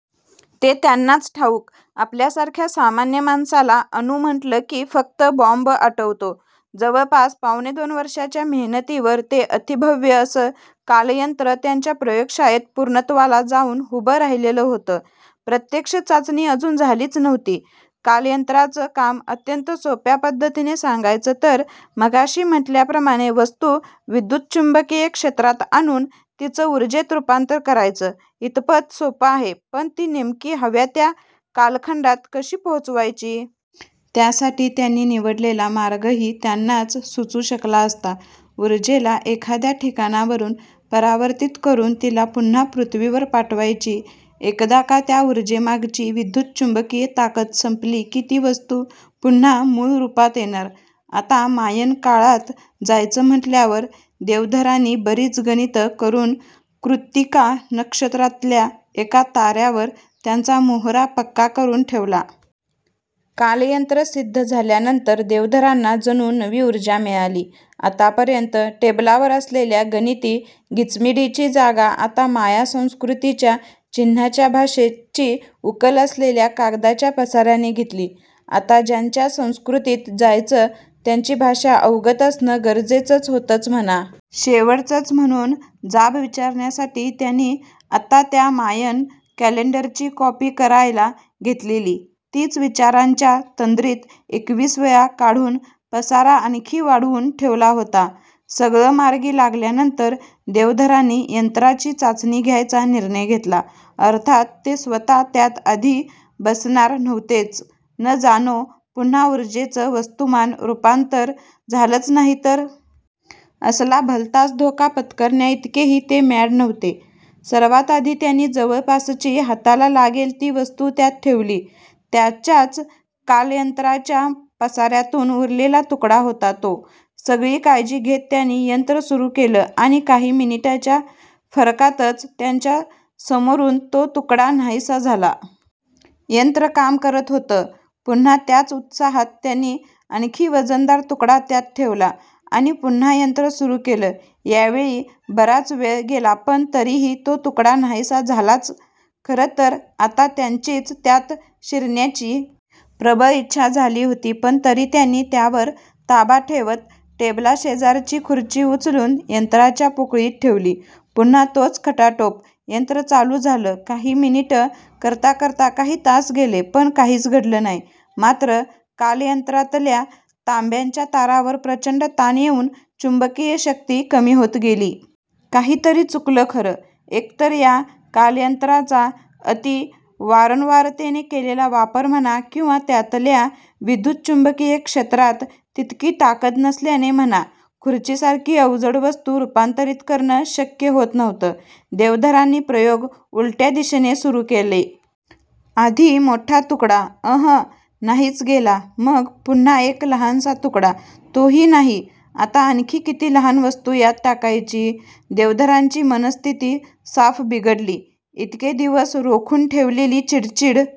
ते त्यांनाच ठाऊक, आपल्यासारख्या सामान्य माणसाला अणू म्हटलं की फक्त बॉम्ब आठवतो. जवळपास पावणेदोन वर्षाच्या मेहनतीनंतर ते अतिभव्य असं कालयंत्र त्यांच्या प्रयोगशाळेत पूर्णत्वाला जाऊन उभं राहिलेलं होतं. प्रत्यक्ष चाचणी अजून झालीच नव्हती. कालयंत्राचं काम अत्यंत सोप्या पद्धतीने सांगायचं तर, मघाशी म्हटल्याप्रमाणे वस्तू विद्युतचुंबकीय क्षेत्रात आणून तिचं ऊर्जेत रूपांतर करायचं इथपत सोपं आहे पण ती नेमकी हव्या त्या कालखंडात कशी पोहोचवायची? त्यासाठी त्यांनी निवडलेला मार्गही त्यांनाच सुचू शकला असता. ऊर्जेला एखाद्या ठिकाणावरून परावर्तित करून तिला पुन्हा पृथ्वीवर पाठवायची. एकदा का त्या ऊर्जेमागची विद्युतचुंबकीय ताकद संपली की ती वस्तू पुन्हा मूळ रूपात येणार. आता मायन काळात जायचं म्हटल्यावर देवधरांनी बरीच गणितं करून कृत्तिका नक्षत्रातल्या एका ताऱ्यावर त्याचा मोहरा पक्का करून ठेवला. कालयंत्र सिद्ध झाल्यानंतर देवधरांना जणू नवी ऊर्जा मिळाली. आतापर्यंत टेबलावर असलेल्या गणिती गिचमिडीची जागा आता माया संस्कृतीच्या चिन्हांच्या भाषेची उकल असलेल्या कागदांच्या पसाऱ्याने घेतली. आता ज्यांच्या संस्कृतीत जायचं त्यांची भाषा अवगत असणं गरजेचं होतंच म्हणा. शेवटचंच म्हणून जाब विचारण्यासाठी त्यांनी आत्ता त्या मायन कॅलेंडरची कॉपी करायला घेतलेली, तीच विचारांच्या तंद्रीत एकवीस वेळा काढून पसारा आणखी वाढवून ठेवला होता. सगळं मार्गी लागल्यानंतर देवधरांनी यंत्राची चाचणी घ्यायचा निर्णय घेतला. अर्थात ते स्वतः त्यात आधी बसणार नव्हतेच, न जाणो पुन्हा ऊर्जेचं वस्तुमानात रूपांतर झालंच नाही तर? असला भलताच धोका पत्करण्याइतकेही ते मॅड नव्हते. सर्वात आधी त्यांनी जवळपासची हाताला लागेल ती वस्तू त्यात ठेवली, त्यांच्याच कालयंत्राच्या पसाऱ्यातून उरलेला तुकडा होता तो. सगळी काळजी घेत त्यांनी यंत्र सुरू केलं आणि काही मिनिटांच्या फरकातच त्यांच्या समोरून तो तुकडा नाहीसा झाला. यंत्र काम करत होतं. पुन्हा त्याच उत्साहात त्यांनी आणखी वजनदार तुकडा त्यात ठेवला आणि पुन्हा यंत्र सुरू केलं. यावेळी बराच वेळ गेला पण तरीही तो तुकडा नाहीसा झालाच. खरंतर आता त्यांचीच त्यात शिरण्याची प्रबळ इच्छा झाली होती, पण तरी त्यांनी त्यावर ताबा ठेवत टेबलाशेजारची खुर्ची उचलून यंत्राच्या पोकळीत ठेवली, पुन्हा तोच खटाटोप यंत्र चालू झालं काही मिनिटं करता करता काही तास गेले पण काहीच घडलं नाही, मात्र कालयंत्रातल्या तांब्याच्या तारांवर प्रचंड ताण येऊन चुंबकीय शक्ती कमी होत गेली. काहीतरी चुकलं खरं, एकतर या कालयंत्राचा अती वारंवारतेने केलेला वापर म्हणा किंवा त्यातल्या विद्युतचुंबकीय क्षेत्रात तितकी ताकद नसल्याने म्हणा खुर्चीसारखी अवजड वस्तू रूपांतरित करणं शक्य होत नव्हतं. देवधरांनी प्रयोग उलट्या दिशेने सुरू केले. आधी मोठा तुकडा, अं हं नाहीच गेला, मग पुन्हा एक लहानसा तुकडा तो ही नाही. आता आणखी किती लहान वस्तू यात टाकायची? देवधरांची मनःस्थिती साफ बिघडली, इतके दिवस रोखून ठेवलेली चिडचिड